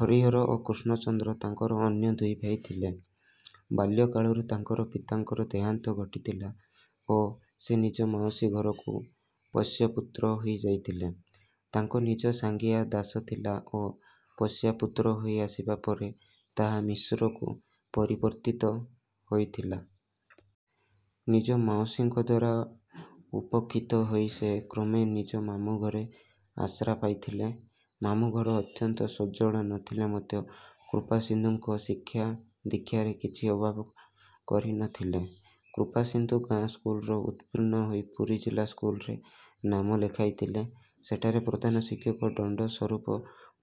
ହରିହର ଓ କୃଷ୍ଣଚନ୍ଦ୍ର ତାଙ୍କର ଅନ୍ୟ ଦୁଇ ଭାଇ ଥିଲେ। ବାଲ୍ୟକାଳରୁ ତାଙ୍କର ପିତାଙ୍କର ଦେହାନ୍ତ ଘଟିଥିଲା ଓ ସେ ନିଜ ମାଉସୀ ଘରକୁ ପୋଷ୍ୟପୁତ୍ର ହୋଇଯାଇଥିଲେ। ତାଙ୍କ ନିଜ ସାଙ୍ଗିଆ ଦାଶ ଥିଲା ଓ ପୋଷ୍ୟପୁତ୍ର ହୋଇଆସିବା ପରେ ତାହା ମିଶ୍ରକୁ ପରିବର୍ତ୍ତିତ ହୋଇଥିଲା। ନିଜ ମାଉସୀଙ୍କଦ୍ୱାରା ଉପେକ୍ଷିତ ହୋଇ ସେ କ୍ରମେ ନିଜ ମାମୁଁ ଘରେ ଆଶ୍ରା ପାଇଥିଲେ। ମାମୁଁ ଘର ଅତ୍ୟନ୍ତ ସ୍ୱଚ୍ଛଳ ନଥିଲେ ମଧ୍ୟ କୃପାସିନ୍ଧୁଙ୍କ ଶିକ୍ଷାଦୀକ୍ଷାରେ କିଛି ଅଭାବ କରିନଥିଲେ। କୃପାସିନ୍ଧୁ ଗାଁ ସ୍କୁଲରୁ ଉତ୍ତୀର୍ଣ୍ଣ ହୋଇ ପୁରୀ ଜିଲ୍ଲା ସ୍କୁଲରେ ନାମ ଲେଖାଇଥିଲେ। ସେଠାରେ ପ୍ରଧାନ ଶିକ୍ଷକ ଦଣ୍ଡ ସ୍ୱରୂପ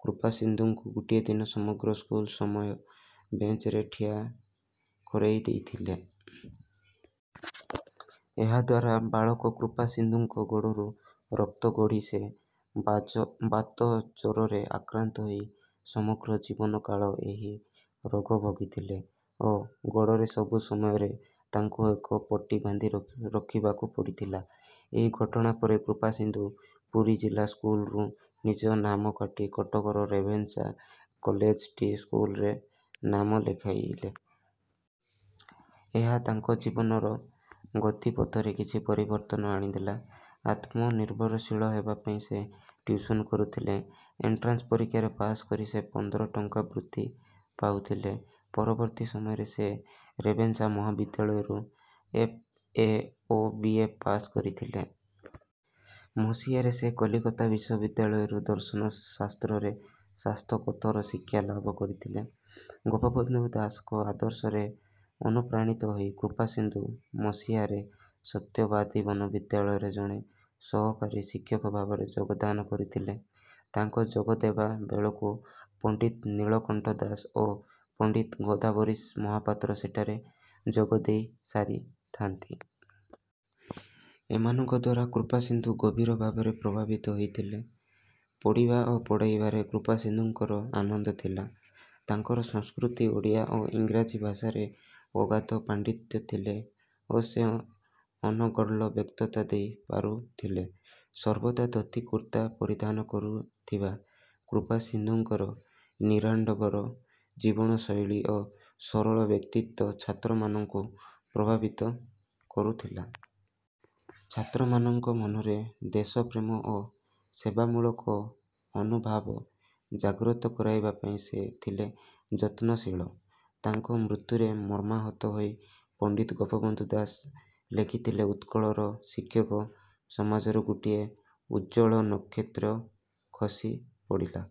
କୃପାସିନ୍ଧୁଙ୍କୁ ଗୋଟିଏ ଦିନ ସମଗ୍ର ସ୍କୁଲ ସମୟ ବେଞ୍ଚରେ ଠିଆ କରେଇ ଦେଇଥିଲେ। ଏହାଦ୍ୱାରା ବାଳକ କୃପାସିନ୍ଧୁଙ୍କ ଗୋଡ଼ରୁ ରକ୍ତ ଗଡ଼ି ସେ ବାଜ ବାତଜ୍ୱରରେ ଆକ୍ରାନ୍ତ ହୋଇ ସମଗ୍ର ଜୀବନକାଳ ଏହି ରୋଗ ଭୋଗିଥିଲେ ଓ ଗୋଡ଼ରେ ସବୁ ସମୟରେ ତାଙ୍କୁ ଏକ ପଟି ବାନ୍ଧି ର ରଖିବାକୁ ପଡ଼ିଥିଲା। ଏହି ଘଟଣା ପରେ କୃପାସିନ୍ଧୁ ପୁରୀ ଜିଲ୍ଲା ସ୍କୁଲରୁ ନିଜ ନାମ କାଟି କଟକର ରେଭେନ୍ସା କଲେଜ୍ ଏଟ ସ୍କୁଲରେ ନାମ ଲେଖାଇଲେ। ଏହା ତାଙ୍କ ଜୀବନର ଗତିପଥରେ କିଛି ପରିବର୍ତ୍ତନ ଆଣିଦେଲା। ଆତ୍ମନିର୍ଭରଶୀଳ ହେବା ପାଇଁ ସେ ଟିୟୁସନ୍ କରୁଥିଲେ। ଏଣ୍ଟ୍ରାନ୍ସ ପରୀକ୍ଷାରେ ପାସ କରି ସେ ପନ୍ଦର ଟଙ୍କା ବୃତ୍ତି ପାଉଥିଲେ। ପରବର୍ତ୍ତୀ ସମୟରେ ସେ ରେଭେନ୍ସା ମହାବିଦ୍ୟାଳୟରୁ ଏଫ୍ ଏ ଓ ବି ଏ ପାସ କରିଥିଲେ। ମସିହାରେ ସେ କଲିକତା ବିଶ୍ୱବିଦ୍ୟାଳୟରୁ ଦର୍ଶନ ଶାସ୍ତ୍ରରେ ସ୍ନାତକୋତ୍ତର ଶିକ୍ଷା ଲାଭ କରିଥିଲେ। ଗୋପବନ୍ଧୁ ଦାସଙ୍କ ଆଦର୍ଶରେ ଅନୁପ୍ରାଣିତ ହୋଇ କୃପାସିନ୍ଧୁ ମସିହାରେ ସତ୍ୟବାଦୀ ବନ ବିଦ୍ୟାଳୟରେ ଜଣେ ସହକାରୀ ଶିକ୍ଷକ ଭାବରେ ଯୋଗଦାନ କରିଥିଲେ। ତାଙ୍କ ଯୋଗଦେବା ବେଳକୁ ପଣ୍ଡିତ ନୀଳକଣ୍ଠ ଦାସ ଓ ପଣ୍ଡିତ ଗୋଦାବରୀଶ ମହାପାତ୍ର ସେଠାରେ ଯୋଗ ଦେଇ ସାରିଥାନ୍ତି। ଏମାନଙ୍କଦ୍ୱାରା କୃପାସିନ୍ଧୁ ଗଭୀର ଭାବରେ ପ୍ରଭାବିତ ହୋଇଥିଲେ। ପଢ଼ିବା ଓ ପଢ଼େଇବାରେ କୃପାସିନ୍ଧୁଙ୍କର ଆନନ୍ଦ ଥିଲା। ତାଙ୍କର ସଂସ୍କୃତ ଓଡ଼ିଆ ଓ ଇଂରାଜୀ ଭାଷାରେ ଅଗାଧ ପାଣ୍ଡିତ୍ୟ ଥିଲେ ଓ ସେ ଅନର୍ଗଳ ବକ୍ତୃତା ଦେଇ ପାରୁଥିଲେ। ସର୍ବଦା ଧୋତି କୁର୍ତ୍ତା ପରିଧାନ କରିଥିବା କୃପାସିନ୍ଧୁଙ୍କର ନିରାଡ଼ମ୍ବର ଜୀବନଶୈଳୀ ଓ ସରଳ ବ୍ୟକ୍ତିତ୍ୱ ଛାତ୍ରମାନଙ୍କୁ ପ୍ରଭାବିତ କରୁଥିଲା। ଛାତ୍ରମାନଙ୍କ ମନରେ ଦେଶପ୍ରେମ ଓ ସେବାମୂଳକ ମନୋଭାବ ଜାଗ୍ରତ କରାଇବା ପାଇଁ ସେ ଥିଲେ ଯତ୍ନଶୀଳ। ତାଙ୍କ ମୃତ୍ୟୁରେ ମର୍ମାହତ ହୋଇ ପଣ୍ଡିତ ଗୋପବନ୍ଧୁ ଦାସ ଲେଖିଥିଲେ ଉତ୍କଳର ଶିକ୍ଷକ ସମାଜରୁ ଗୋଟିଏ ଉଜ୍ଜ୍ୱଳ ନକ୍ଷତ୍ର ଖସି ପଡ଼ିଲା।